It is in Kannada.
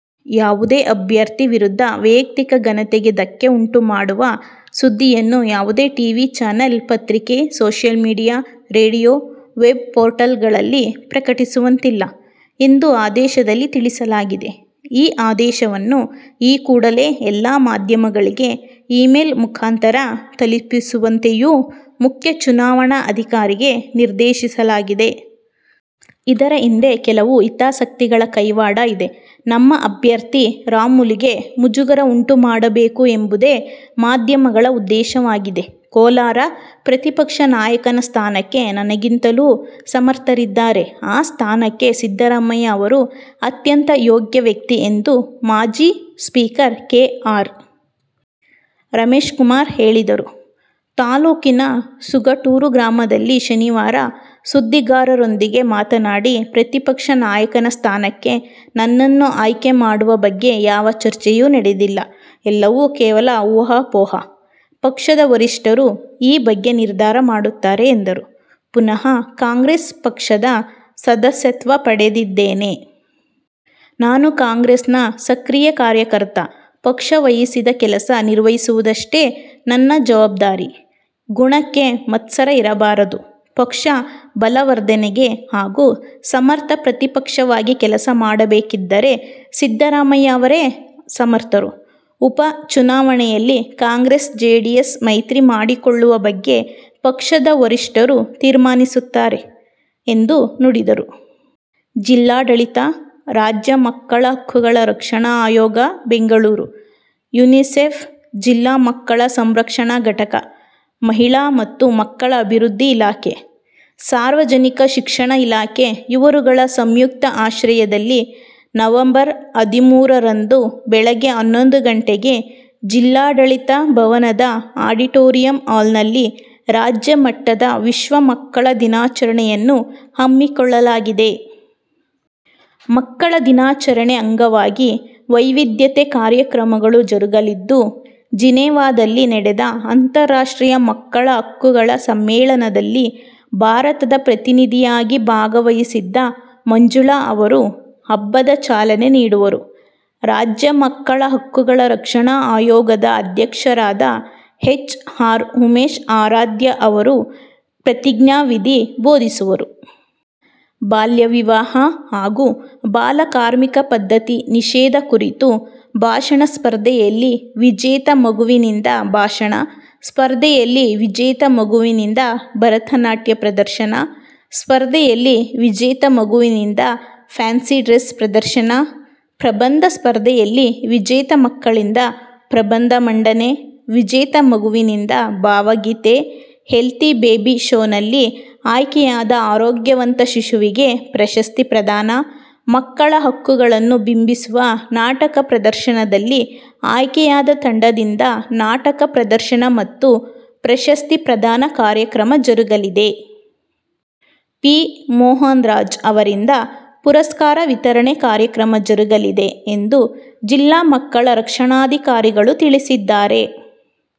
ಯಾವುದೇ ಅಭ್ಯರ್ಥಿ ವಿರುದ್ಧ ವೈಯಕ್ತಿಕ ಘನತೆಗೆ ಧಕ್ಕೆ ಉಂಟು ಮಾಡುವ ಸುದ್ದಿಯನ್ನು ಯಾವುದೇ ಟಿ. ವಿ. ಚಾನೆಲ್, ಪತ್ರಿಕೆ, social media, radio, web portal ಗಳಲ್ಲಿ ಪ್ರಕಟಿಸುವಂತಿಲ್ಲ' ಎಂದು ಆದೇಶದಲ್ಲಿ ತಿಳಿಸಲಾಗಿದೆ. ಈ ಆದೇಶವನ್ನು ಈ ಕೂಡಲೇ ಎಲ್ಲ ಮಾಧ್ಯಮಗಳಿಗೆ ಇಮೇಲ್ ಮಖಾಂತರ ತಲುಪಿಸುವಂತೆಯೂ ಮುಖ್ಯ ಚುನಾವಣಾ ಅಧಿಕಾರಿಗೆ ನಿರ್ದೇಶಿಸಲಾಗಿದೆ. ಇದರ ಹಿಂದೆ ಕೆಲವು ಹಿತಾಸಕ್ತಿಗಳ ಕೈವಾಡ ಇದೆ. ನಮ್ಮ ಅಭ್ಯರ್ಥಿ ರಾಮುಲುಗೆ ಮುಜುಗರ ಉಂಟು ಮಾಡಬೇಕು ಎಂಬುದೇ ಮಾಧ್ಯಮಗಳ ಉದ್ದೇಶವಾಗಿದೆ. ಕೋಲಾರ: 'ಪ್ರತಿಪಕ್ಷ ನಾಯಕನ ಸ್ಥಾನಕ್ಕೆ ನನಗಿಂತಲೂ ಸಮರ್ಥರಿದ್ದಾರೆ. ಆ ಸ್ಥಾನಕ್ಕೆ ಸಿದ್ದರಾಮಯ್ಯ ಅವರು ಅತ್ಯಂತ ಯೋಗ್ಯ ವ್ಯಕ್ತಿ' ಎಂದು ಮಾಜಿ ಸ್ಪೀಕರ್ ಕೆ. ಆರ್. ರಮೇಶ್ಕುಮಾರ್ ಹೇಳಿದರು. ತಾಲ್ಲೂಕಿನ ಸುಗಟೂರು ಗ್ರಾಮದಲ್ಲಿ ಶನಿವಾರ ಸುದ್ದಿಗಾರರೊಂದಿಗೆ ಮಾತನಾಡಿ, 'ಪ್ರತಿಪಕ್ಷ ನಾಯಕನ ಸ್ಥಾನಕ್ಕೆ ನನ್ನನ್ನು ಆಯ್ಕೆ ಮಾಡುವ ಬಗ್ಗೆ ಯಾವ ಚರ್ಚೆಯೂ ನಡೆದಿಲ್ಲ. ಎಲ್ಲವೂ ಕೇವಲ ಊಹಾಪೋಹ. ಪಕ್ಷದ ವರಿಷ್ಠರು ಈ ಬಗ್ಗೆ ನಿರ್ಧಾರ ಮಾಡುತ್ತಾರೆ' ಎಂದರು. 'ಪುನಃ ಕಾಂಗ್ರೆಸ್ ಪಕ್ಷದ ಸದಸ್ಯತ್ವ ಪಡೆದಿದ್ದೇನೆ. ನಾನು ಕಾಂಗ್ರೆಸ್ನ ಸಕ್ರಿಯ ಕಾರ್ಯಕರ್ತ. ಪಕ್ಷ ವಹಿಸಿದ ಕೆಲಸ ನಿರ್ವಹಿಸುವುದಷ್ಟೇ ನನ್ನ ಜವಾಬ್ದಾರಿ. ಗುಣಕ್ಕೆ ಮತ್ಸರ ಇರಬಾರದು. ಪಕ್ಷ ಬಲವರ್ಧನೆಗೆ ಹಾಗೂ ಸಮರ್ಥ ಪ್ರತಿಪಕ್ಷವಾಗಿ ಕೆಲಸ ಮಾಡಬೇಕಿದ್ದರೆ ಸಿದ್ದರಾಮಯ್ಯ ಅವರೇ ಸಮರ್ಥರು. ಉಪ ಚುನಾವಣೆಯಲ್ಲಿ ಕಾಂಗ್ರೆಸ್- ಜೆಡಿಎಸ್ ಮೈತ್ರಿ ಮಾಡಿಕೊಳ್ಳುವ ಬಗ್ಗೆ ಪಕ್ಷದ ವರಿಷ್ಠರು ತೀರ್ಮಾನಿಸುತ್ತಾರೆ' ಎಂದು ನುಡಿದರು. ಜಿಲ್ಲಾಡಳಿತ, ರಾಜ್ಯ ಮಕ್ಕಳ ಹಕ್ಕುಗಳ ರಕ್ಷಣಾ ಆಯೋಗ ಬೆಂಗಳೂರು, ಯೂನಿಸೆಫ್, ಜಿಲ್ಲಾ ಮಕ್ಕಳ ಸಂರಕ್ಷಣಾ ಘಟಕ, ಮಹಿಳಾ ಮತ್ತು ಮಕ್ಕಳ ಅಭಿವೃದ್ದಿ ಇಲಾಖೆ, ಸಾರ್ವಜನಿಕ ಶಿಕ್ಷಣ ಇಲಾಖೆ ಇವರುಗಳ ಸಂಯುಕ್ತ ಆಶ್ರಯದಲ್ಲಿ ನವಂಬರ್ ಹದಿಮೂರರಂದು ಬೆಳಿಗ್ಗೆ ಹನ್ನೊಂದು ಗಂಟೆಗೆ ಜಿಲ್ಲಾಡಳಿತ ಭವನದ ಅಡಿಟೋರಿಯಂ ಹಾಲ್ನಲ್ಲಿ ರಾಜ್ಯ ಮಟ್ಟದ ವಿಶ್ವ ಮಕ್ಕಳ ದಿನಾಚರಣೆಯನ್ನು ಹಮ್ಮಿಕೊಳ್ಳಲಾಗಿದೆ. ಮಕ್ಕಳ ದಿನಾಚರಣೆ ಅಂಗವಾಗಿ ವೈವಿಧ್ಯೆತೆ ಕಾರ್ಯಕ್ರಮಗಳು ಜರುಗಲಿದ್ದು, ಜಿನೇವಾದಲ್ಲಿ ನಡೆದ ಅಂತರಾಷ್ಟ್ರೀಯ ಮಕ್ಕಳ ಹಕ್ಕುಗಳ ಸಮ್ಮೇಳನದಲ್ಲಿ ಭಾರತದ ಪ್ರತಿನಿಧಿಯಾಗಿ ಭಾಗವಹಿಸಿದ್ದ ಮಂಜುಳಾ ಅವರು, ಹಬ್ಬದ ಚಾಲನೆ ನೀಡುವರು. ರಾಜ್ಯ ಮಕ್ಕಳ ಹಕ್ಕುಗಳ ರಕ್ಷಣಾ ಆಯೋಗದ ಅಧ್ಯಕ್ಷರಾದ ಹೆಚ್. ಆರ್. ಉಮೇಶ ಆರಾಧ್ಯ ಅವರು ಪ್ರತಿಜ್ಞಾವಿಧಿ ಬೋಧಿಸುವರು. ಬಾಲ್ಯವಿವಾಹ ಹಾಗು ಬಾಲಕಾರ್ಮಿಕ ಪದ್ಧತಿ ನಿಷೇದ ಕುರಿತು ಭಾಷಣ ಸ್ಪರ್ಧೆಯಲ್ಲಿ ವಿಜೇತ ಮಗುವಿನಿಂದ ಭಾಷಣ, ಸ್ಪರ್ಧೆಯಲ್ಲಿ ವಿಜೇತ ಮಗುವಿನಿಂದ ಭರತ ನಾಟ್ಯ ಪ್ರದರ್ಶನ, ಸ್ಪರ್ಧೆಯಲ್ಲಿ ವಿಜೇತ ಮಗುವಿನಿಂದ ಫ್ಯಾನ್ಸಿ ಡ್ರೆಸ್ ಪ್ರದರ್ಶನ, ಪ್ರಬಂಧ ಸ್ಪರ್ಧೆಯಲ್ಲಿ ವಿಜೇತ ಮಕ್ಕಳಿಂದ ಪ್ರಬಂಧ ಮಂಡನೆ, ವಿಜೇತ ಮಗುವಿನಿಂದ ಭಾವಗೀತೆ, ಹೆಲ್ತಿ ಬೇಬಿ ಶೋನಲ್ಲಿ ಆಯ್ಕೆಯಾದ ಆರೋಗ್ಯವಂತ ಶಿಶುವಿಗೆ ಪ್ರಶಸ್ತಿ ಪ್ರದಾನ, ಮಕ್ಕಳ ಹಕ್ಕುಗಳನ್ನು ಬಿಂಬಿಸುವ ನಾಟಕ ಪ್ರದರ್ಶನದಲ್ಲಿ ಆಯ್ಕೆಯಾದ ತಂಡದಿಂದ ನಾಟಕ ಪ್ರದರ್ಶನ ಮತ್ತು ಪ್ರಶಸ್ತಿ ಪ್ರದಾನ ಕಾರ್ಯಕ್ರಮ ಜರುಗಲಿದೆ. ಪಿ. ಮೋಹನರಾಜ್ ಅವರಿಂದ ಪುರಸ್ಕಾರ ವಿತರಣೆ ಕಾರ್ಯಕ್ರಮ ಜರುಗಲಿದೆ ಎಂದು ಜಿಲ್ಲಾ ಮಕ್ಕಳ ರಕ್ಷಣಾಧಿಕಾರಿಗಳು ತಿಳಿಸಿದ್ದಾರೆ.